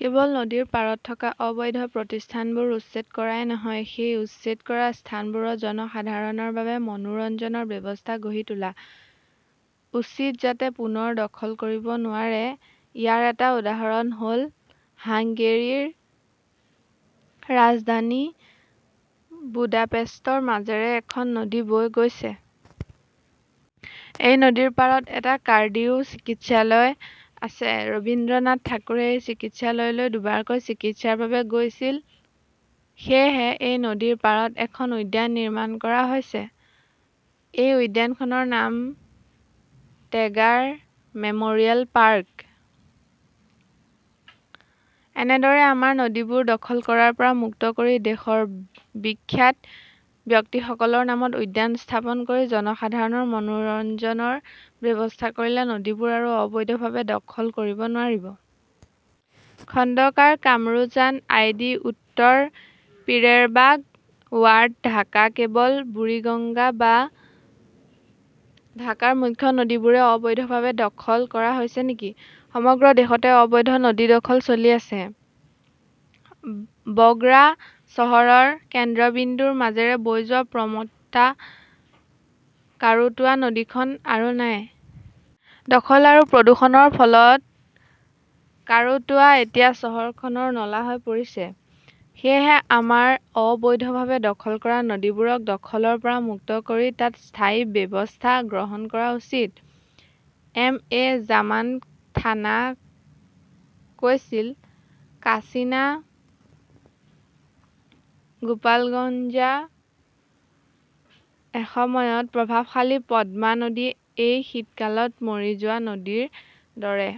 কেৱল নদীৰ পাৰত থকা অবৈধ প্ৰতিষ্ঠানবোৰ উচ্ছেদ কৰাই নহয় সেই উচ্ছেদ কৰা স্থানবোৰত জনসাধাৰণৰ বাবে মনোৰঞ্জনৰ ব্যৱস্থা গঢ়ি তোলা উচিত যাতে পুনৰ দখল কৰিব নোৱাৰে। ইয়াৰ এটা উদাহৰণ হ'ল হাংগেৰীৰ ৰাজধানী বুদাপেষ্টৰ মাজেৰে এখন নদী বৈ গৈছে। এই নদীৰ পাৰত এটা কাৰ্ডিও চিকিৎসালয় আছে। ৰবীন্দ্ৰনাথ ঠাকুৰে এই চিকিৎসালয়লৈ দুবাৰকৈ চিকিৎসাৰ বাবে গৈছিল। সেয়েহে এই নদীৰ পাৰত এখন উদ্যান নিৰ্মাণ কৰা হৈছে। এই উদ্যানখনৰ নাম টেগাৰ মেম'ৰিয়েল পাৰ্ক। এনেদৰে আমাৰ নদীবোৰ দখল কৰাৰ পৰা মুক্ত কৰি দেশৰ বিখ্যাত ব্যক্তিসকলৰ নামত উদ্যান স্থাপন কৰি জনসাধাৰণৰ মনোৰঞ্জনৰ ব্যৱস্থা কৰিলে নদীবোৰ আৰু অবৈধভাৱে দখল কৰিব নোৱাৰিব। খণ্ডকাৰ কামৰুজান আই ডি উত্তৰ পিৰেৰবাগ ৱাৰ্ড ঢাকা কেৱল বুৰিগঙ্গা বা ঢাকাৰ মুখ্য নদীবোৰেই অবৈধভাৱে দখল কৰা হৈছে নেকি? সমগ্ৰ দেশতে অবৈধ নদী দখল চলি আছে। বগ্ৰা চহৰৰ কেন্দ্ৰবিন্দুৰ মাজেৰে বৈ যোৱা প্ৰমত্তা কাৰুতোৱা নদীখন আৰু নাই। দখল আৰু প্ৰদূষণৰ ফলত কাৰুতোৱা এতিয়া চহৰখনৰ নলা হৈ পৰিছে। সেয়েহে আমাৰ অবৈধভাৱে দখল কৰা নদীবোৰক দখলৰ পৰা মুক্ত কৰি তাত স্থায়ী ব্যৱস্থা গ্ৰহণ কৰা উচিত। এম এ জামান থানা কৈছিল কাশীনা গোপালগঞ্জ এসময়ত প্ৰভাৱশালী পদ্মা নদী এই শীতকালত মৰি যোৱা নদীৰ দৰে।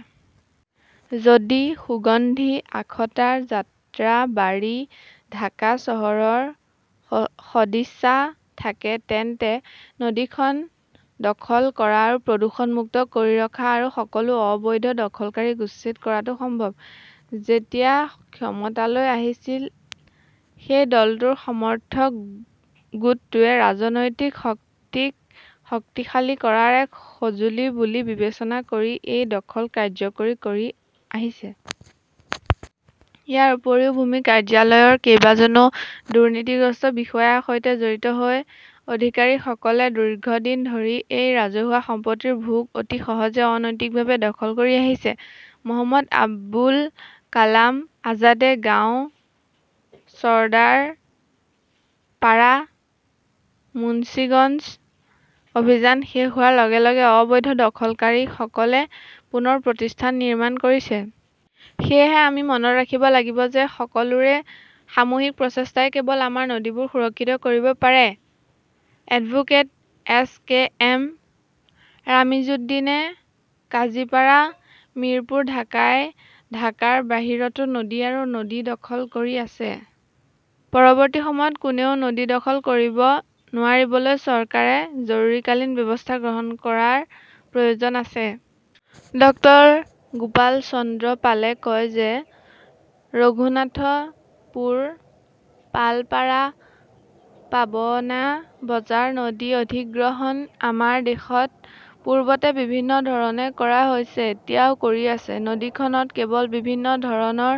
যদি সুগন্ধি আখতাৰ যাত্ৰাবাৰী ঢাকা চৰকাৰৰ সদিচ্ছা থাকে তেন্তে নদীখন দখল কৰা আৰু প্ৰদূষণমুক্ত কৰি ৰখা আৰু সকলো অবৈধ দখলকাৰীক উচ্ছেদ কৰাটো সম্ভৱ। যেতিয়া ক্ষমতালৈ আহিছিল সেই দলটোৰ সমৰ্থক গোটটোৱে ৰাজনৈতিক শক্তিক শক্তিশালী কৰাৰ এক সঁজুলি বুলি বিবেচনা কৰি এই দখল কাৰ্যকৰী কৰি আহিছে। ইয়াৰ উপৰিও ভূমি কাৰ্যালয়ৰ কেইবাজনো দুৰ্নীতিগ্ৰস্ত বিষয়াৰ সৈতে জড়িত হৈ অধিকাৰীসকলে দীৰ্ঘদিন ধৰি এই ৰাজহুৱা সম্পত্তিৰ ভোগ অতি সহজে অনৈতিকভাৱে দখল কৰি আহিছে। মহম্মদ আবুল কালাম আজাদে গাঁও চৰ্দাৰপাৰা মুন্সিগঞ্জ অভিযান শেষ হোৱাৰ লগে লগে অবৈধ দখলকাৰীসকলে পুনৰ প্ৰতিষ্ঠান নিৰ্মাণ কৰিছে। সেয়েহে আমি মনত ৰাখিব লাগিব যে সকলোৰে সামূহিক প্ৰচেষ্টাই কেৱল আমাৰ নদীবোৰ সুৰক্ষিত কৰিব পাৰে। এডভোকেট এছ কে এম ৰামিজুদ্দিনে কাজিপাড়া মিৰপুৰ ঢাকাই ঢাকাৰ বাহিৰতো নদী আৰু নদী দখল কৰি আছে। পৰৱৰ্তী সময়ত কোনেও নদী দখল কৰিব নোৱাৰিবলৈ চৰকাৰে জৰুৰীকালীন ব্যৱস্থা গ্ৰহণ কৰাৰ প্ৰয়োজন আছে। ডক্টৰ গোপাল চন্দ্ৰ পালে কয় যে ৰঘুনাথপুৰ পালপাৰা পাবনা বজাৰ নদী অধিগ্ৰহণ আমাৰ দেশত পূৰ্বতে বিভিন্ন ধৰণে কৰা হৈছে এতিয়াও কৰি আছে। নদীখনত কেৱল বিভিন্ন ধৰণৰ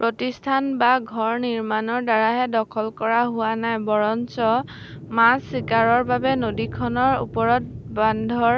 প্ৰতিষ্ঠান বা ঘৰ নিৰ্মাণৰ দ্বাৰাহে দখল কৰা হোৱা নাই বৰঞ্চ মাছ চিকাৰৰ বাবে নদীখনৰ ওপৰত বান্ধৰ।